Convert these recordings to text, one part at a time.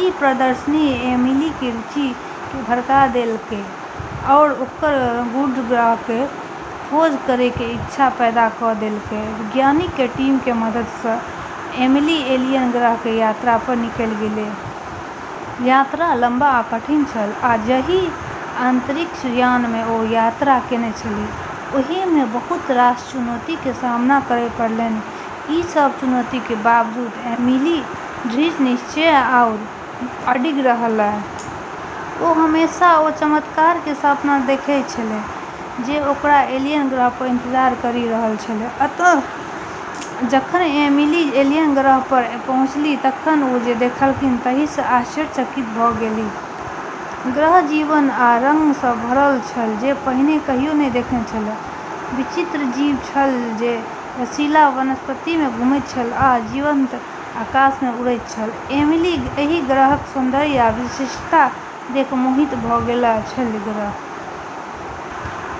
ई प्रदर्शनी एमिली के रुचि के भड़का देलकै आरू ओकर गूढ़ ग्रह के खोज करै के इच्छा पैदा क देलकै। वैज्ञानिक के टीम के मदद सं एमिली एलियन ग्रह के यात्रा पर निकलि गेलै। यात्रा लम्बा आ कठिन छल, आ जाहि अंतरिक्ष यान मे ओ यात्रा केने छलीह, ओहि मे बहुत रास चुनौती के सामना करय पड़लनि। ई सब चुनौती के बावजूद एमिली दृढ़ निश्चयी आरू अडिग रहलै। ओ हमेशा ओ चमत्कार के सपना देखै छेलै जे ओकरा एलियन ग्रह पर इंतजार करी रहल छेलै। अंततः जखन एमिली एलियन ग्रह पर पहुँचलीह तखन ओ जे देखलनि ताहि सं आश्चर्यचकित भ गेलीह। ग्रह जीवन आ रंग सं भरल छल जे पहिने कहियो नहि देखने छलीह। विचित्र जीव छल जे रसीला वनस्पति मे घुमैत छल आ जीवंत आकाश मे उड़ैत छल। एमिली एहि ग्रहक सौन्दर्य आ विशिष्टता देखि मोहित भ गेल छलीह। ग्रह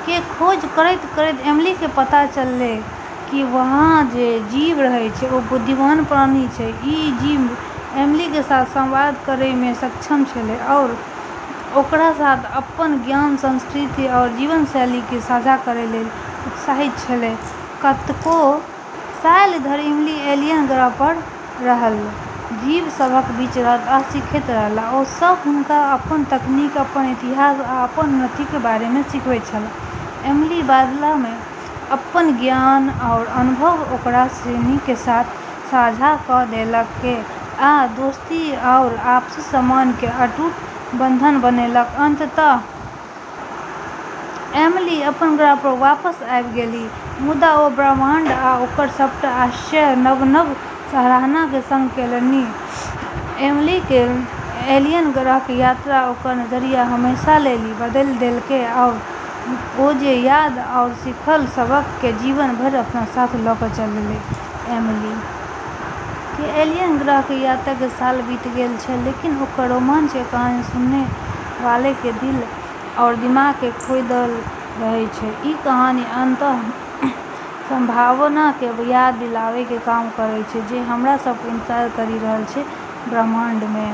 के खोज करतें-करतें एमिली के पता चललै कि वहाँ जे जीव रहै छै, ओ बुद्धिमान प्राणी छै। ई जीव एमिली के साथ संवाद करै मे सक्षम छेलै, आरू ओकरा साथ अपन ज्ञान, संस्कृति आरू जीवन-शैली के साझा करै लेली उत्साहित छेलै। कतेको साल धरि एमिली एलियन ग्रह पर रहल। जीव सभक बीच रहैत आ सीखैत रहल। ओ सब हुनका अपन तकनीक, अपन इतिहास, आ अपन उन्नति के बारे मे सिखबैत छलाह। एमिली, बदला मे, अपन ज्ञान आरू अनुभव ओकरा सिनी के साथ साझा क देलकै आ दोस्ती आरू आपसी सम्मान के अटूट बंधन बनैलकै। अंततः एमिली अपन ग्रह पर वापस आबि गेलीह, मुदा ओ ब्रह्मांड आ ओकर सभटा आश्चर्यक नव-नव सराहना के संग केलनि। एमिली के एलियन ग्रह के यात्रा ओकर नजरिया हमेशा लेली बदली देलकै, आरू ओ जे याद आरू सीखल सबक के जीवन भर अपना साथ ल क चललै। एमिली के एलियन ग्रह के यात्रा के साल बीति गेल छै, लेकिन ओकर रोमांच के कहानी सुनै वाला के दिल आरू दिमाग मे खोदल रहै छै। ई कहानी अनंत संभावना के याद दिलाबै के काम करै छै जे हमरा सब के इंतजार करी रहल छै ब्रह्माण्ड मे।